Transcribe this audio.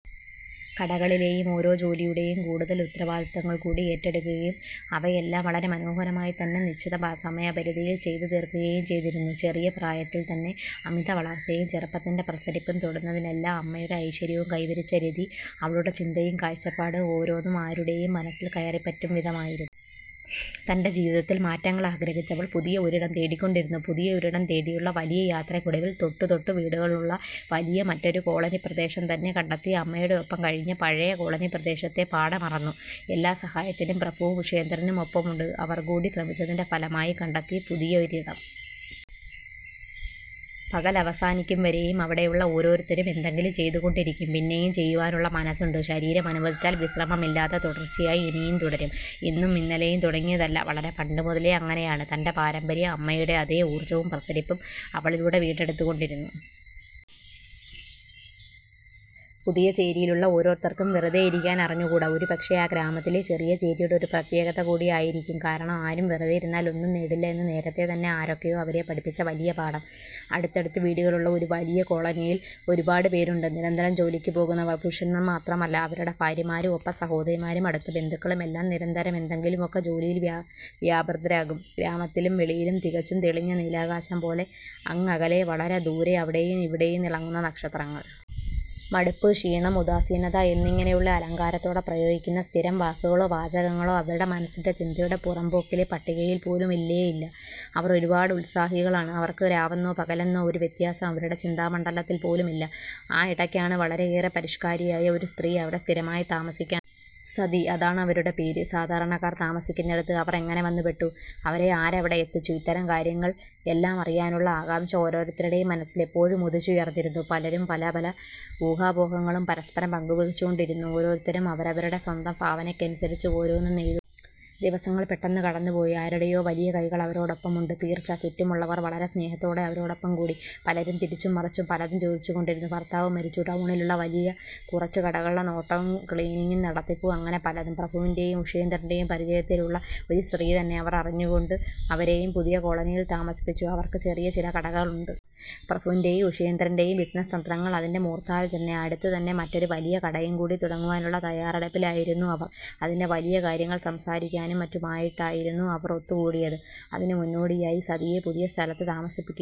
കടകളിലെയും ഓരോ ജോലിയുടെയും കൂടുതൽ ഉത്തരവാദിത്വങ്ങൾകൂടി ഏറ്റെടുക്കുകയും അവയെല്ലാം വളരെ മനോഹരമായി തന്നെ നിശ്ചിത സമയപരിധിയിൽ ചെയ്തു തീർക്കുകയും ചെയ്തിരുന്നു. ചെറിയ പ്രായത്തിൽ തന്നെ അമിത വളർച്ചയും ചെറുപ്പത്തിന്റെ പ്രസരിപ്പും തൊടുന്നതിനെല്ലാം അമ്മയുടെ ഐശ്വര്യവും കൈവരിച്ച രതി അവളുടെ ചിന്തയും കാഴ്ചപ്പാടും ഓരോന്നും ആരുടെയും മനസ്സിൽ കയറിപ്പറ്റും വിധമായിരുന്നു. തന്റെ ജീവിതത്തിൽ മാറ്റങ്ങൾ ആഗ്രഹിച്ചവൾ പുതിയ ഒരിടം തേടിക്കൊണ്ടിരുന്നു. പുതിയ ഒരിടം തേടിയുള്ള വലിയ യാത്രക്കൊടുവിൽ തൊട്ടു തൊട്ടു വീടുകളുള്ള വലിയ മറ്റൊരു കോളനി പ്രദേശം തന്നെ, കണ്ടെത്തി അമ്മയുടെ ഒപ്പം കഴിഞ്ഞ പഴയ കോളനി പ്രദേശത്തെ പാടേ മറന്നു, എല്ലാ സഹായത്തിനും പ്രഭുവും ഉഷേന്ദ്രനും ഒപ്പമുണ്ട്, അവർകൂടി ശ്രമിച്ചതിന്റെ ഫലമായി കണ്ടെത്തിയ പുതിയ ഒരിടം. പകൽ അവസാനിക്കും വരെയും അവിടെയുള്ള ഓരോരുത്തരും എന്തെങ്കിലും ചെയ്തു കൊണ്ടിരിക്കും, പിന്നെയും ചെയ്യുവാനുള്ള മനസ്സ് ഉണ്ട്, ശരീരം അനുവദിച്ചാൽ വിശ്രമമില്ലാതെ തുടർച്ചയായി, ഇനിയും തുടരും. ഇന്നും ഇന്നലെയും തുടങ്ങിയതല്ല, വളരെ പണ്ടു മുതലേ അങ്ങനെയാണ്, തന്റെ പാരമ്പര്യം, അമ്മയുടെ അതേ ഊർജവും പ്രസരിപ്പും അവളിലൂടെ വീണ്ടെടുത്തുകൊണ്ടിരുന്നു. പുതിയ ചേരിയിലുള്ള ഓരോരുത്തർക്കും വെറുതെ ഇരിക്കാൻ അറിഞ്ഞുകൂടാ, ഒരു പക്ഷെ ആ ഗ്രാമത്തിലെ ചെറിയ ചേരിയുടെ ഒരു പ്രത്യേകത കൂടി ആയിരിക്കും, കാരണം ആരും വെറുതെ ഇരുന്നാൽ ഒന്നുംനേടില്ല എന്ന് നേരത്തെ തന്നെ ആരൊക്കെയോ അവരെ പഠിപ്പിച്ച വലിയ പാഠം. അടുത്തടുത്തു വീടുകളുള്ള ഒരു വലിയ കോളനിയിൽ ഒരുപാട് പേരുണ്ട്, നിരന്തരം ജോലിക്ക് പോകുന്നവർ, പുരുഷന്മാർ മാത്രമല്ല അവരുടെ ഭാര്യമാരും ഒപ്പം സഹോദരിമാരും അടുത്ത ബന്ധുക്കളും എല്ലാം നിരന്തരം എന്തെങ്കിലുമൊക്കെ ജോലിയിൽ വ്യാപൃതരാകും ഗ്രാമത്തിലും വെളിയിലും, തികച്ചും തെളിഞ്ഞ നീലാകാശം പോലെ, അങ്ങകലെ വളരെദൂരെ അവിടെയും ഇവിടെയും തിളങ്ങുന്ന നക്ഷത്രങ്ങൾ. മടുപ്പ്, ക്ഷീണം, ഉദാസീനത എന്നിങ്ങനെയുള്ള അലങ്കാരത്തോടെ പ്രയോഗിക്കുന്ന സ്ഥിരം വാക്കുകളോ വാചകങ്ങളോ അവരുടെ മനസ്സിന്റെ ചിന്തയുടെ പുറം പോക്കിലെ പട്ടികയിൽ പോലും ഇല്ലേ ഇല്ല. അവർ ഒരുപാട് ഉത്സാഹികൾ ആണ് അവർക്ക് രാവെന്നോ പകലെന്നോ ഒരു വ്യത്യാസം അവരുടെ ചിന്താ മണ്ഡലത്തിൽ പോലും ഇല്ല. ആയിടക്കാണ് വളരെയേറെ പരിഷ്ക്കാരിയായ ഒരു സ്ത്രീ അവിടെ സ്ഥിരമായി താമസിക്കാൻ തുടങ്ങിയത്. 'സതി ' അതാണ് അവരുടെ പേര്. സാധാരണക്കാർ താമസിക്കുന്നിടത്തു അവർ എങ്ങനെ വന്ന് പെട്ടു, അവരെ ആരവിടെ എത്തിച്ചു ഇത്തരം കാര്യങ്ങൾ എല്ലാം അറിയാനുള്ള ആകാംഷ ഓരോരുത്തരുടെയും മനസ്സിൽ എപ്പോഴും ഉദിച്ചുയർന്നിരുന്നു. പലരും പല പല ഊഹാപോഹങ്ങളും പരസ്പരം പങ്കുവച്ചു കൊണ്ടിരുന്നു. ഓരോരുത്തരും അവരവരുടെ സ്വന്തം ഭാവനക്കനുസരിച്ചു ഓരോന്നും നെയ്തു കൂട്ടി. ദിവസങ്ങൾ പെട്ടെന്ന് കടന്നു പോയി. ആരുടെയോ വലിയ കൈകൾ അവരോടൊപ്പം ഉണ്ട് തീർച്ച, ചുറ്റുമുള്ളവർ വളരെ സ്നേഹത്തോടെ അവരോടൊപ്പം കൂടി. പലരും തിരിച്ചും മറിച്ചും പലതും ചോദിച്ചു കൊണ്ടിരുന്നു. ഭർത്താവ് മരിച്ചു, ടൗണിലുള്ള വലിയ കുറച്ചു കടകളുടെ നോട്ടവും ക്ലീനിങ്ങും നടത്തിപ്പും അങ്ങനെ പലതും. പ്രഭുവിന്റെയും ഉഷേന്ദ്രന്റെയും പരിചയത്തിലുള്ള ഒരു സ്ത്രീ തന്നെ, അവർ അറിഞ്ഞുകൊണ്ട് അവരെയും പുതിയ കോളനിയിൽ താമസിപ്പിച്ചു, അവർക്കും ചെറിയ ചില കടകൾ ഉണ്ട്. പ്രഭുവിന്റെയും, ഉഷേന്ദ്രന്റെയും ബിസിനസ് തന്ത്രങ്ങൾ അതിന്റ മൂർദ്ധാവിൽ തന്നെ, അടുത്തു തന്നെ മറ്റൊരു വലിയ കടയും കൂടി തുടങ്ങുവാനുള്ള തയാറെടുപ്പിൽ ആയിരുന്നു അവർ, അതിന്റ വലിയ കാര്യങ്ങൾ സംസാരിക്കാനും മറ്റുമായിട്ടായിരുന്നു അവർ ഒത്തു കൂടിയത്. അതിനു മുന്നോടിയായി സതിയെ പുതിയ സ്ഥലത്തു താമസിപ്പിക്കുകയും ചെയ്തു.